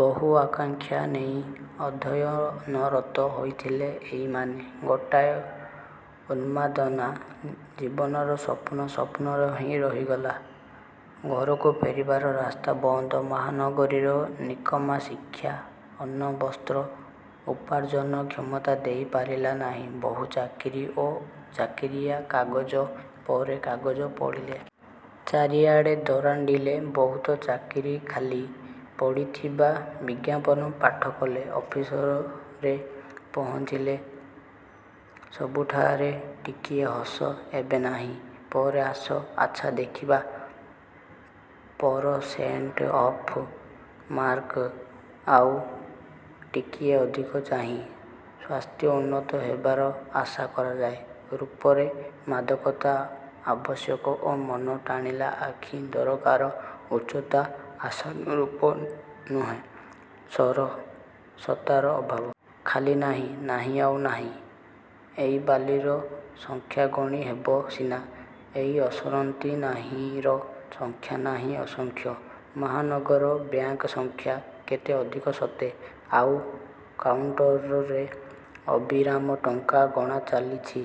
ବହୁ ଆକାଙ୍କ୍ଷା ନେଇ ଅଧ୍ୟୟନରତ ହୋଇଥିଲେ ଏଇମାନେ। ଗୋଟାଏ ଉନ୍ମାଦନା, ଜୀବନର ସ୍ୱପ୍ନ ସ୍ୱପ୍ନରେ ହିଁ ରହିଗଲା। ଘରକୁ ଫେରିବାର ରାସ୍ତା ବନ୍ଦ। ମହାନଗରୀର ନିକମା ଶିକ୍ଷା ଅନ୍ନ ବସ୍ତ୍ର ଉପାର୍ଜନ କ୍ଷମତା ଦେଇ ପାରିଲା ନାହିଁ। ବହୁ ଚାକିରୀ ଓ ଚାକିରୀଆ, କାଗଜ ପରେ କାଗଜ ପଢ଼ିଲେ। ଚାରିଆଡ଼ ଦରାଣ୍ତିଲେ। ବହୁତ ଚାକିରୀ ଖାଲି ପଡ଼ିଥିବାର ବିଜ୍ଞାପନ ପାଠ କଲେ। ଅଫିସରେ ପହଞ୍ଚିଲେ। ସବୁଠାରେ ଟିକିଏ ହସ, ଏବେ ନାହିଁ, ପରେ ଆସ, ଆଛା ଦେଖିବା, ପରସେଣ୍ଟ ଅଫ ମାର୍କ ଆଉ ଟିକିଏ ଅଧିକ ଚାହି, ସ୍ୱାସ୍ଥ୍ୟ ଉନ୍ନତ ହେବାର ଆଶା କରାଯାଏ, ରୂପରେ ମାଦକତା ଆବଶ୍ୟକ ଓ ମନ ଟାଣିଲା ଆଖି ଦରକାର, ଉଚ୍ଚତା ଆଶାନୁରୂପ ନୁହେଁ, ସରସତାର ଅଭାବ। ଖାଲି ନାହିଁ, ନାହିଁ ଆଉ ନାହିଁ। ଏଇ ବାଲିର ସଂଖ୍ୟା ଗଣି ହେବ ସିନା, ଏଇ ଅସରନ୍ତି ନାହିଁର ସଂଖ୍ୟା ନାହିଁ ଅସଂଖ୍ୟ। ମହାନଗର ବ୍ୟାଙ୍କ ସଂଖ୍ୟା, କେତେ ଅଧିକ ସତେ! ଆଉ କାଉଣ୍ଟରରେ ଅବିରାମ ଟଙ୍କା ଗଣା ଚାଲିଚି।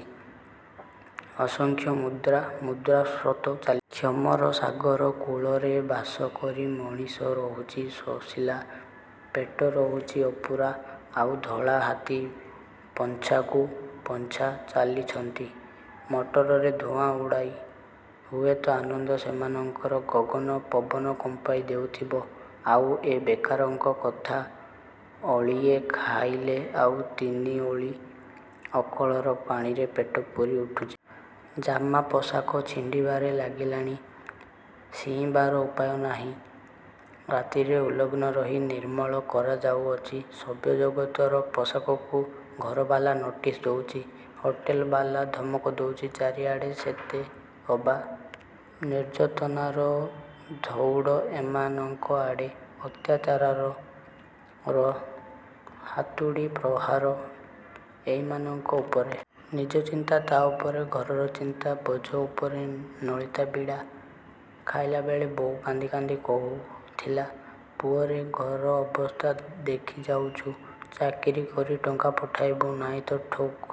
ଅସଂଖ୍ୟ ମୁଦ୍ରା, ମୁଦ୍ରା ସ୍ରୋତ ଚାଲିଚି। କ୍ଷମର ସାଗର କୂଳରେ ବାସ କରି ମଣିଷ ରହୁଚି ଶୋଷିଲା। ପେଟ ରହୁଚି ଅପୂରା। ଆଉ ଧଳା ହାତୀ ପଞ୍ଝାକୁ ପଞ୍ଝା ଚାଲିଚନ୍ତି ମଟରରେ ଧୁଆଁ ଉଡ଼ାଇ। ହୁଏତ ଆନନ୍ଦ ସେମାନଙ୍କର ଗଗନ ପବନ କମ୍ପାଇ ଦେଉଥିବ। ଆଉ ଏ ବେକାରଙ୍କ କଥା! ଓଳିଏ ଖାଇଲେ ଆଉ ତିନି ଓଳି କଳର ପାଣିରେ ପେଟ ପୂରି ଉଠୁଚି। ଜାମା, ପୋଷାକ ଛିଣ୍ତିବାରେ ଲାଗିଲାଣି। ଶିଇଁବାର ଉପାୟ ନାହିଁ। ରାତିରେ ଉଲଗ୍ନ ରହି ନିର୍ମଳ କରାଯାଉଅଛି। ସଭ୍ୟ ଜଗତର ପୋଷାକକୁ। ଘରବାଲା ନୋଟିସ୍ ଦଉଚି। ହୋଟେଲବାଲା ଧମକ ଦଉଚି। ଚାରିଆଡ଼େ ସେତେ ଅବା ନିର୍ଯାତନାର ଧଉଡ଼ ଏଇମାନଙ୍କ ଆଡ଼େ। ଅତ୍ୟାଚାରରର ହାତୁଡ଼ି ପ୍ରହାର ଏଇମାନଙ୍କ ଉପରେ। ନିଜ ଚିନ୍ତା, ତା ଉପରେ ଘରର ଚିନ୍ତା, ବୋଝ ଉପରେ ନଳିତା ବିଡ଼ା। ଖାଇଲାବେଳେ ବୋଉ କାନ୍ଦି କାନ୍ଦି କହିଥିଲା—ପୁଅରେ, ଘର ଅବସ୍ଥା ଦେଖିଯାଉଚୁ। ଚାକିରୀ କରି ଟଙ୍କା ପଠାଇବୁ, ନାଇଁ ତ ଠୁକ୍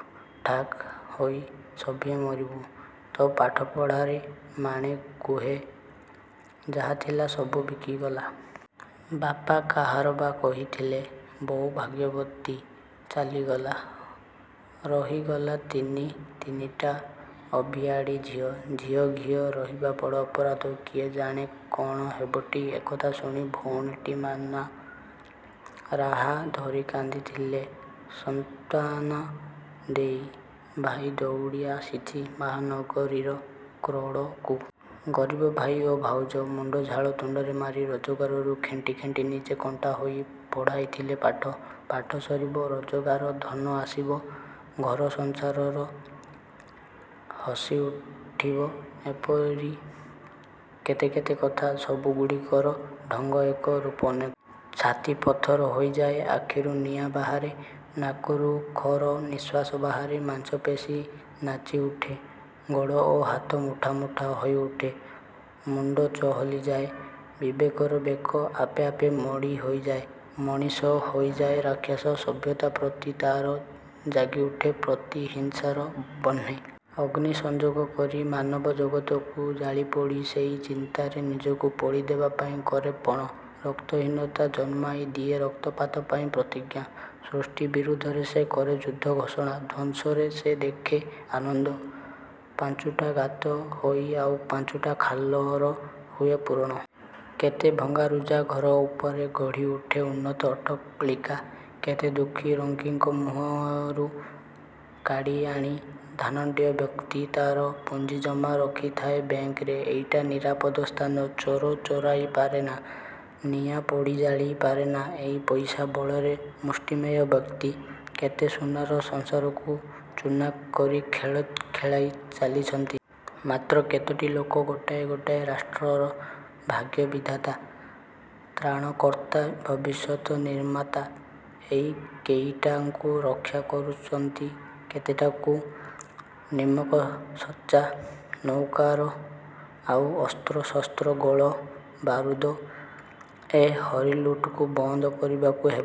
ଠାକ୍ ହୋଇ ସଭିଏଁ ମରିବୁ। ତୋ ପାଠପଢ଼ାରେ ମାଣେ କୁଣେ ଯାହା ଥିଲା, ସବୁ ବିକାଗଲା। ବାପା କାହାର ବା କହିଥିଲେ, 'ବୋଉ ଭାଗ୍ୟବତୀ ଚାଲିଗଲା। ରଖିଗଲା ତିନି ତିନିଟା ଅଭିଆଡ଼ୀ ଝିଅ। 'ଝିଅ ଘିଅ' ରହିବା ବଡ଼ ଅପରାଧ, କିଏ ଜାଣେ କ'ଣ ହେବଟି। ' ଏକଥା ଶୁଣି ଭଉଣୀଟିମାନ ରାହା ଧରି କାନ୍ଦିଥିଲେ। ସାନ୍ତ୍ୱନା ଦେଇ ଭାଇ ଧଉଡ଼ି ଆସିଚି ମହାନଗରୀର କ୍ରୋଡ଼କୁ। ଗରିବ ଭାଇ ଓ ଭାଉଜ। ମୁଣ୍ଡ ଝାଳ ତୁଣ୍ତରେ ମାରି ରୋଜଗାରରୁ ଖେଣ୍ଟି ଖେଣ୍ଟି ନିଜେ କଣ୍ଟା ହୋଇ ପଢ଼ାଇଥିଲେ ପାଠ। ପାଠ ସରିବ। ରୋଜଗାର ଧନ ଆସିବ। ଘର ସଂସାର ହସିଉଠିବ। ଏଇପରି କେତେ କେତେ କଥା। ସବୁ ଗୁଡ଼ିକର ଢଙ୍ଗ ଏକ, ରୂପ ଅନେକ। ଛାତି ପଥର ହୋଇଯାଏ। ଆଖିରୁ ନିଆଁ ବାହାରେ। ନାକରୁ ଖରନିଶ୍ୱାସ ବାହାରେ। ମାଂସପେଶୀ ନାଚିଉଠେ। ଗୋଡ଼ ଓ ହାତ ମୁଠା ମୁଠା ହୋଇଉଠେ। ମୁଣ୍ତ ଚହଲିଯାଏ। ବିବେକର ବେକ ଆପେ ଆପେ ମୋଡ଼ି ହୋଇଯାଏ। ମଣିଷ ହୋଇଯାଏ ରାକ୍ଷସ। ସଭ୍ୟତା ପ୍ରତି ତାର ଜାଗିଉଠେ ପ୍ରତିହିଂସାର ବହ୍ନି। ଅଗ୍ନି ସଂଯୋଗ କରି ମାନବ ଜଗତକୁ ଜାଳି ପୋଡ଼ି ସେଇ ଚିତାରେ ନିଜକୁ ପୋଡ଼ି ଦେବାପାଇଁ କରେ ପଣ। ରକ୍ତହୀନତା ଜନ୍ମାଇଦିଏ ରକ୍ତପାତ ପାଇଁ ପ୍ରତିଜ୍ଞା। ସୃଷ୍ଟି ବିରୁଦ୍ଧରେ ସେ କରେ ଯୁଦ୍ଧ ଘୋଷଣା, ଧ୍ୱଂସରେ ସେ ଦେଖେ ଆନନ୍ଦ। ପାଞ୍ଚୁଟା ଗାତ ହୋଇ ଆଉ ପାଞ୍ଚୁଟା ଖାଲର ହୁଏ ପୂରଣ। କେତେ ଭଙ୍ଗାରୁଜା ଘର ଉପରେ ଗଢ଼ିଉଠେ ଉନ୍ନତ ଅଟ୍ଟାଳିକା। କେତେ ଦୁଃଖୀ ରଙ୍କିଙ୍କ ମୁହଁରୁ କାଢ଼ି ଆଣି ଧନାଢ଼୍ୟ ବ୍ୟକ୍ତି ତାର ପୁଞ୍ଜି ଜମା ରଖିଥାଏ ବ୍ୟାଙ୍କରେ, ଏଇଟା ନିରାପଦ ସ୍ଥାନ। ଚୋର ଚୋରାଇ ପାରେନା। ନିଆଁ ପୋଡ଼ି ଜାଳି ପାରେନା। ଏଇ ପଇସା ବଳରେ ମୁଷ୍ଟିମେୟ ବ୍ୟକ୍ତି କେତେ ସୁନାର ସଂସାରକୁ ଚୂନା କରି ଖେଳ ଖେଳାଇ ଚାଲିଚନ୍ତି। ମାତ୍ର କେତୋଟି ଲୋକ ଗୋଟାଏ ଗୋଟାଏ ରାଷ୍ଟ୍ରର ଭାଗ୍ୟ ବିଧାତା, ତ୍ରାଣକର୍ତ୍ତା, ଭବିଷ୍ୟତ ନିର୍ମାତା। ଏଇ କେଇଟାଙ୍କୁ ରକ୍ଷା କରୁଚନ୍ତି କେତୁଟା ନିମକସଚ୍ଚା ନୌକାର ଆଉ ଅସ୍ତ୍ର, ଶସ୍ତ୍ର ଗୋଳ ବାରୁଦ। ଏ ହରିଲୁଟକୁ ବନ୍ଦ କରିବାକୁ ହେବ।